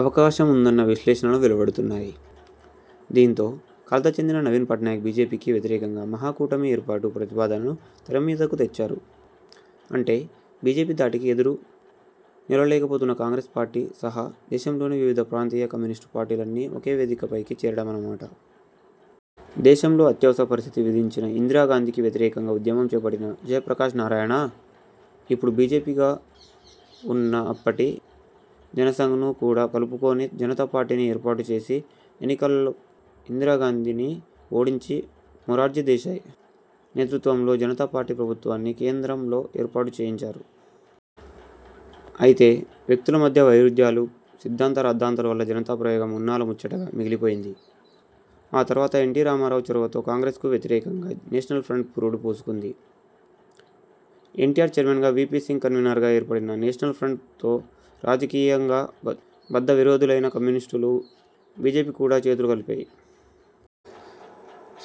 అవకాశం ఉందన్న విశ్లేషణలు వెలువడుతున్నాయి. దీంతో, కలత చెందిన నవీన్ పట్నాయక్ బీజేపీకి వ్యతిరేకంగా మహా కూటమి ఏర్పాటు ప్రతిపాదనను తెరమీదకు తెచ్చారు. అంటే, బీజేపీ ధాటికి ఎదురు నిలవలేకపోతున్న కాంగ్రెస్ పార్టీ సహా దేశంలోని వివిధ ప్రాంతీయ, కమ్యూనిస్టు పార్టీలన్నీ ఒకే వేదికపైకి చేరడమన్నమాట! దేశంలో అత్యవసర పరిస్థితి విధించిన ఇందిరా గాంధీకి వ్యతిరేకంగా ఉద్యమం చేపట్టిన జయప్రకాశ్ నారాయణ.. ఇప్పుడు బీజేపీగా ఉన్న అప్పటి జనసంఘ్ ను కూడా కలుపుకొని జనతా పార్టీని ఏర్పాటు చేసి, ఎన్నికలలో ఇందిరా గాంధీని ఓడించి మొరార్జీ దేశాయ్ నేతృత్వంలో జనతా పార్టీ ప్రభుత్వాన్ని కేంద్రంలో ఏర్పాటు చేయించారు. అయితే, వ్యక్తుల మధ్య వైరుధ్యాలు, సిద్ధాంత- రాద్ధాంతాల వల్ల జనతా ప్రయోగం మూన్నాళ్ల ముచ్చటగా మిగిలిపోయింది. ఆ తర్వాత ఎన్టీ రామారావు చొరవతో కాంగ్రెస్ కు వ్యతిరేకంగా నేషనల్ ఫ్రంట్ పురుడు పోసుకుంది. ఎన్టీఆర్ చైర్మన్ గా వీపీ సింగ్ కన్వీనర్ గా ఏర్పడిన నేషనల్ ఫ్రంట్ తో రాజకీయంగా బద్ధవిరోధులైన కమ్యూనిస్టులు బీజేపీ కూడా చేతులు కలిపాయి.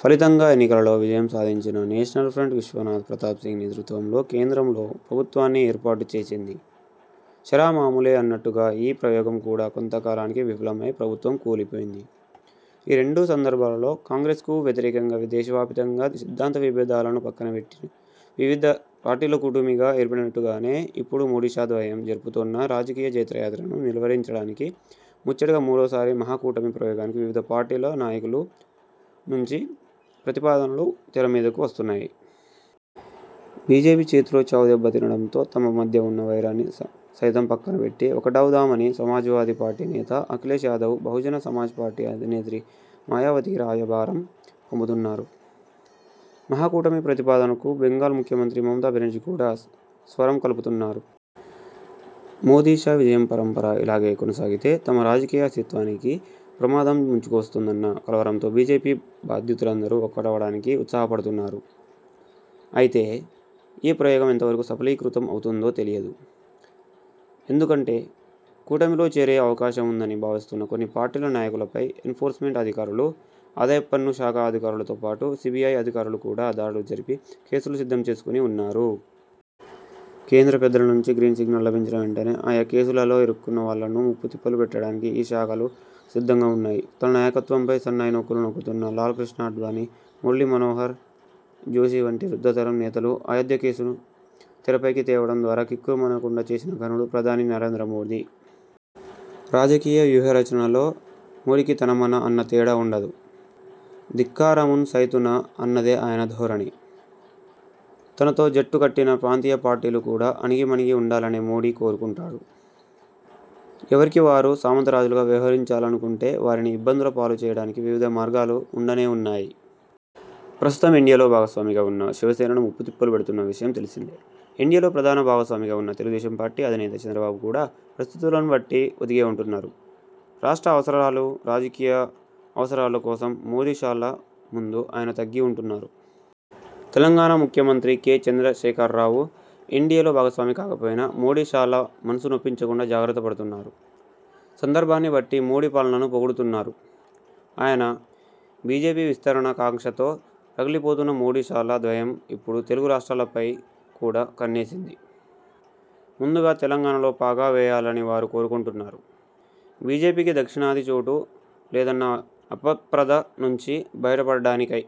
ఫలితంగా, ఎన్నికలలో విజయం సాధించిన నేషనల్ ఫ్రంట్ విశ్వనాథ్ ప్రతాప్సింగ్ నేతృత్వంలో కేంద్రంలో ప్రభుత్వాన్ని ఏర్పాటు చేసింది. షరా మామూలే అన్నట్టుగా ఈ ప్రయోగం కూడా కొంత కాలానికి విఫలమై ప్రభుత్వం కూలిపోయింది. ఈ రెండు సందర్భాలలో కాంగ్రెస్ కు వ్యతిరేకంగా దేశవ్యాపితంగా సిద్ధాంత విభేదాలను పక్కనపెట్టి వివిధ పార్టీలు కూటమిగా ఏర్పడినట్టుగానే ఇప్పుడు మోదీ షా ద్వయం జరుపుతోన్న రాజకీయ జైత్రయాత్రను నిలువరించడానికి ముచ్చటగా మూడోసారి మహా కూటమి ప్రయోగానికి వివిధ పార్టీల నాయకుల నుంచి ప్రతిపాదనలు తెరమీదకు వస్తున్నాయి. బీజేపీ చేతిలో చావుదెబ్బ తినడంతో తమ మధ్య ఉన్న వైరాన్ని సైతం పక్కనపెట్టి ఒక్కటవుదామని సమాజ్వాదీ పార్టీ నేత అఖిలేశ్ యాదవ్ బహుజన సమాజ్ పార్టీ అధినేత్రి మాయావతికి రాయబారం పంపుతున్నారు. మహా కూటమి ప్రతిపాదనకు బెంగాల్ ముఖ్యమంత్రి మమతా బెనర్జీ కూడా స్వరం కలుపుతున్నారు. మోదీ షా విజయ పరంపర ఇలాగే కొనసాగితే తమ రాజకీయ అస్తిత్వానికే ప్రమాదం ముంచుకు వస్తుందన్న కలవరంతో బీజేపీ బాధితులందరూ ఒక్కటవ్వడానికి ఉత్సాహపడుతున్నారు. అయితే, ఈ ప్రయోగం ఎంతవరకు సఫలీకృతం అవుతుందో తెలియదు. ఎందుకంటే, కూటమిలో చేరే అవకాశం ఉందని భావిస్తున్న కొన్ని పార్టీల నాయకులపై ఎన్ఫోర్స్మెంట్ అధికారులు, ఆదాయపు పన్ను శాఖ అధికారులతోపాటు సీబీఐ అధికారులు కూడా దాడులు జరిపి కేసులు సిద్ధంచేసుకుని ఉన్నారు. కేంద్ర పెద్దల నుంచి గ్రీన్ సిగ్నల్ లభించిన వెంటనే ఆయా కేసులలో ఇరుక్కున్న వాళ్లను ముప్పతిప్పలు పెట్టడానికి ఈ శాఖలు సిద్ధంగా ఉన్నాయి. తన నాయకత్వంపై సన్నాయి నొక్కులు నొక్కుతున్న లాల్ కృష్ణ ఆడ్వాణీ, మురళీ మనోహర్ జోషి వంటి వృద్ధతరం నేతలను అయోధ్య కేసును తెరపైకి తేవడం ద్వారా కిక్కురుమనకుండా చేసిన ఘనుడు ప్రధాని నరేంద్ర మోదీ! రాజకీయ వ్యూహ రచనలో మోదీకి తన మన అన్న తేడా ఉండదు. 'ధిక్కారమున్ సైతునా' అన్నదే ఆయన ధోరణి. తనతో జట్టు కట్టిన ప్రాంతీయ పార్టీలు కూడా అణగిమణిగి ఉండాలనే మోదీ కోరుకుంటారు. ఎవరికి వారు సామంతరాజులుగా వ్యవహరించాలనుకుంటే వారిని ఇబ్బందుల పాలు చేయడానికి వివిధ మార్గాలు ఉండనే ఉన్నాయి. ప్రస్తుతం ఎన్డీయేలో భాగస్వామిగా ఉన్న శివసేనను ముప్పుతిప్పలు పెడుతున్న విషయం తెలిసిందే! ఎన్డీయేలో ప్రధాన భాగస్వామిగా ఉన్న తెలుగుదేశం పార్టీ అధినేత చంద్రబాబు కూడా పరిస్థితులను బట్టి ఒదిగే ఉంటున్నారు. రాష్ట్ర అవసరాలు, రాజకీయ అవసరాల కోసం మోదీ షాల ముందు ఆయన తగ్గి ఉంటున్నారు. తెలంగాణ ముఖ్యమంత్రి కె. చంద్రశేఖరరావు ఎన్డీఏలో భాగస్వామి కాకపోయినా మోదీ షాల మనసు నొప్పించకుండా జాగ్రత్త పడుతున్నారు. సందర్భాన్ని బట్టి మోదీ పాలనను పొగుడుతున్నారు. అయినా, బీజేపీ విస్తరణ కాంక్షతో రగిలిపోతున్న మోదీ షా ద్వయం ఇప్పుడు తెలుగు రాష్ర్టాలపై కూడా కన్నేసింది. ముందుగా తెలంగాణలో పాగా వేయాలని వారు కోరుకుంటున్నారు. బీజేపీకి దక్షిణాదిన చోటు లేదన్న అపప్రథ నుంచి బయటపడటానికై